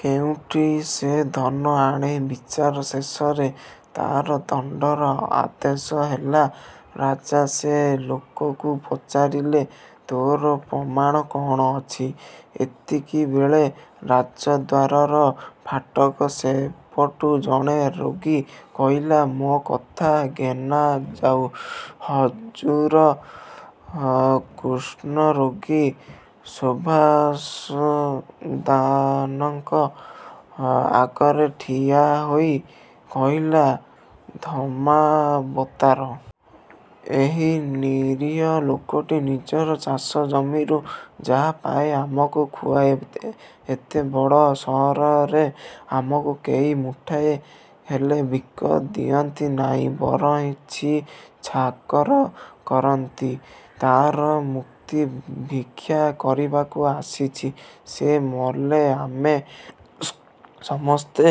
କେଉଁଠୁ ସେ ଧନ ଆଣେ? ବିଚାର ଶେଷରେ ତା'ର ଦଣ୍ଡର ଆଦେଶ ହେଲା। ରାଜା ସେ ଲୋକକୁ ପଚାରିଲେ, ''ତୋର ପ୍ରମାଣ କ'ଣ ଅଛି? '' ଏତିକିବେଳେ ରାଜଦ୍ୱାରର ଫାଟକ ସେପଟୁ ଜଣେ ରୋଗୀ କହିଲା-'ମୋ କଥା ଘେନାଯାଉ, ହଜୁର। ' କୁଷ୍ଠରୋଗୀ ସଭାସଦ୍ମାନଙ୍କ ଆଗରେ ଠିଆ ହୋଇ କହିଲା-''ଧର୍ମାବତାର! ଏହି ନିରୀହ ଲୋକଟି ନିଜର ଚାଷ ଜମିରୁ ଯାହା ପାଏ, ଆମକୁ ଖୁଆଏ। ଏତେ ବଡ଼ ସହରରେ ଆମକୁ କେହି ମୁଠିଏ ହେଲେ ଭିକ ଦିଅନ୍ତି ନାହିଁ, ବରଂ ଛି-ଛାକର କରନ୍ତି। ତା'ର ମୁକ୍ତି ଭିକ୍ଷା କରିବାକୁ ଆସିଛି। ସେ ମଲେ ଆମେ ସମସ୍ତେ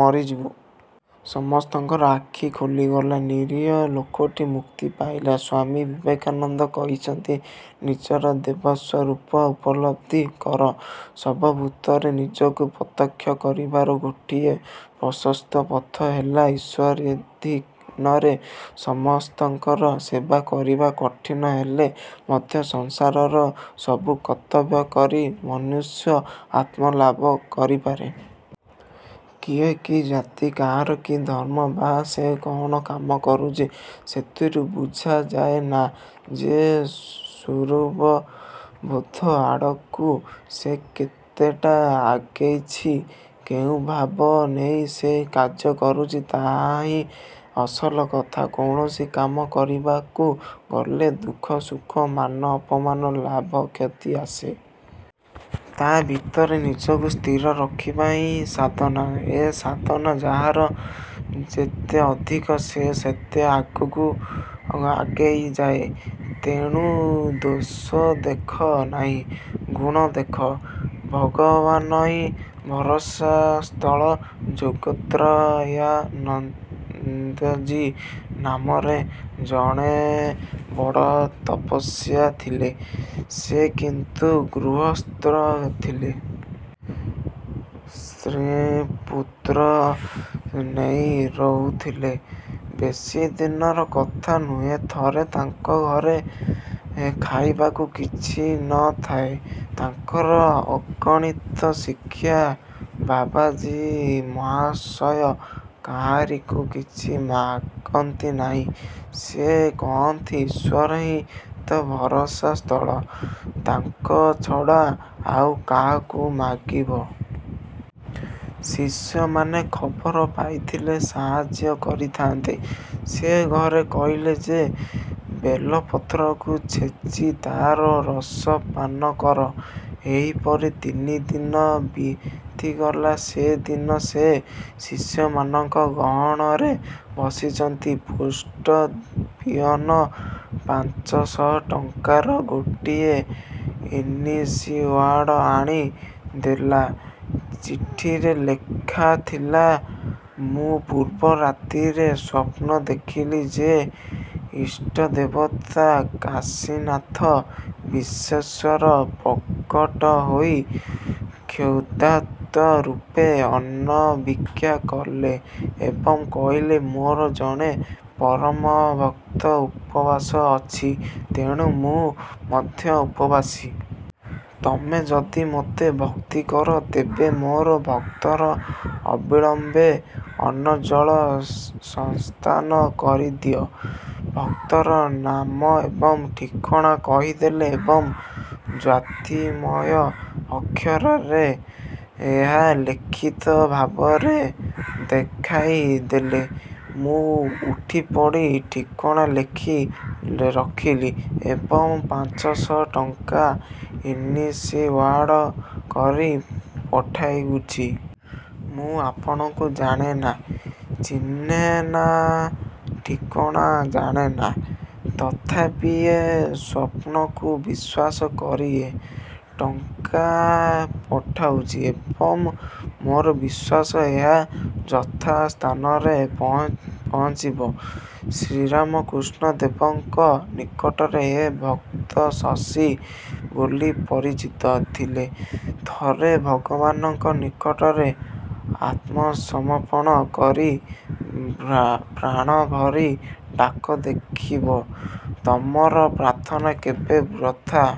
ମରିଯିବୁ। '' ସମସ୍ତଙ୍କର ଆଖି ଖୋଲିଗଲା। ନିରୀହ ଲୋକଟି ମୁକ୍ତି ପାଇଲା। ସ୍ୱାମୀ ବିବେକାନନ୍ଦ କହିଛନ୍ତି-ନିଜର ଦେବସ୍ୱରୂପ ଉପଲବ୍ଧି କର। ସର୍ବଭୂତରେ ନିଜକୁ ପ୍ରତ୍ୟକ୍ଷ କରିବାର ଗୋଟିଏ ପ୍ରଶସ୍ତ ପଥ ହେଲା ଈଶ୍ୱରାଧୀନରେ ସମସ୍ତଙ୍କର ସେବା କରିବା। କଠିନ ହେଲେ ମଧ୍ୟ ସଂସାରର ସବୁ କର୍ତ୍ତବ୍ୟ କରି ମନୁଷ୍ୟ ଆତ୍ମଲାଭ କରିପାରେ। କିଏ କି ଜାତି, କାହାର କି ଧର୍ମ ବା ସେ କ'ଣ କାମ କରୁଛି, ସେଥିରୁ ବୁଝାଯାଏନା ଯେ ସ୍ୱରୂପବୋଧ ଆଡ଼କୁ ସେ କେତେଟା ଆଗେଇଛି? କେଉଁ ଭାବ ନେଇ ସେ କାର୍ଯ୍ୟ କରୁଛି, ତାହାହିଁ ଅସଲ କଥା-। କୌଣସି କାମ କରିବାକୁ ଗଲେ ସୁଖ-ଦୁଃଖ, ମାନ-ଅପମାନ; ଲାଭ-କ୍ଷତି ଆସେ। ତା' ଭିତରେ ନିଜକୁ ସ୍ଥିର ରଖିବା ହିଁ ସାଧନା। ଏ ସାଧନା ଯାହାର ଯେତେ ଅଧିକ ସେ ସେତେ ଆଗକୁ ଆଗେଇ ଯାଏ। ତେଣୁ ଦୋଷ ଦେଖ ନାହିଁ, ଗୁଣ ଦେଖ। ଭଗବାନହିଁ ଭରସା ସ୍ଥଳ ଯୋଗତ୍ରୟାନନ୍ଦଜୀ ନାମରେ ଜଣେ ବଡ଼ ତପସ୍ୱୀ ଥିଲେ। ସେ କିନ୍ତୁ ଗୃହସ୍ଥ ଥିଲେ। ସ୍ତ୍ରୀ ପୁତ୍ର ନେଇ ରହୁଥିଲେ। ବେଶୀ ଦିନର କଥା ନୁହେଁ। ଥରେ ତାଙ୍କଘରେ ଖାଇବାକୁ କିଛି ନ ଥାଏ। ତାଙ୍କର ଅଗଣିତ ଶିଷ୍ୟ। ବାବାଜୀ ମହାଶୟ କାହାରିକୁ କିଛି ମାଗନ୍ତି ନାହିଁ। ସେ କହନ୍ତି, ଈଶ୍ୱରହିଁ ତ ଭରସା ସ୍ଥଳ, ତାଙ୍କ ଛଡ଼ା ଆଉ କାହାକୁ ମାଗିବ? ଶିଷ୍ୟମାନେ ଖବର ପାଇଥିଲେ ସାହାଯ୍ୟ କରିଥାନ୍ତେ। ସେ ଘରେ କହିଲେ ଯେ ବେଲପତ୍ରକୁ ଛେଚି ତାର ରସ ପାନ କର। ଏହିପରି ତିନିଦିନ ବିତିଗଲା। ସେ ଦିନ ସେ ଶିଷ୍ୟମାନଙ୍କ ଗହଣରେ ବସିଛନ୍ତି, ପୋଷ୍ଟ ପିଅନ ପାଞ୍ଚଶହ ଟଙ୍କାର ଗୋଟିଏ ଇନିସିଓର୍ଡ଼ ଆଣି ଦେଲା। ଚିଠିରେ ଲେଖାଥିଲା-ମୁଁ ପୂର୍ବ ରାତିରେ ସ୍ୱପ୍ନ ଦେଖିଲି ଯେ ଇଷ୍ଟଦେବତା କାଶୀନାଥ ବିଶ୍ୱେଶ୍ୱର ପ୍ରକଟ ହୋଇ କ୍ଷୁଧାର୍ତ୍ତ ରୂପେ ଅନ୍ନ ଭିକ୍ଷା କଲେ ଏବଂ କହିଲେ, 'ମୋର ଜଣେ ପରମ ଭକ୍ତ ଉପବାସ ଅଛି, ତେଣୁ ମୁଁ ମଧ୍ୟ ଉପବାସୀ। ତମେ ଯଦି ମୋତେ ଭକ୍ତି କର, ତେବେ ମୋର ଭକ୍ତର ଅବିଳମ୍ବେ ଅନ୍ନଜଳ ସଂସ୍ଥାନ କରିଦିଅ। ' ଭକ୍ତର ନାମ ଏବଂ ଠିକଣା କହିଦେଲେ ଏବଂ ଜ୍ୟୋତିର୍ମୟ ଅକ୍ଷରରେ ଏହା ଲିଖିତ ଭାବରେ ଦେଖାଇ ଦେଲେ-। ମୁଁ ଉଠିପଡ଼ି ଠିକଣା ଲେଖି ରଖିଲି ଏବଂ ପାଞ୍ଚଶହ ଟଙ୍କା ଇନସିଓର୍ଡ କରି ପଠାଉଛି। ମୁଁ ଆପଣଙ୍କୁ ଜାଣେନା, ଚିହ୍ନେନା, ଠିକଣା ଜାଣେନା, ତଥାପି ଏ ସ୍ୱପ୍ନକୁ ବିଶ୍ୱାସ କରି ଏ ଟଙ୍କା ପଠାଉଛି ଏବଂ ମୋର ବିଶ୍ୱାସ ଏହା ଯଥାସ୍ଥାନରେ ପହଞ୍ଚିବ। ଶ୍ରୀରାମକୃଷ୍ଣ ଦେବଙ୍କ ନିକଟରେ ଏ ଭକ୍ତ 'ଶଶୀ' ବୋଲି ପରିଚିତ ଥିଲେ। ଥରେ ଭଗବାନଙ୍କ ନିକଟରେ ଆତ୍ମସମର୍ପଣ କରି ପ୍ରାଣଭରି ଡାକ; ଦେଖିବ ତମର ପ୍ରାର୍ଥନା କେବେ ବ୍ୟର୍ଥ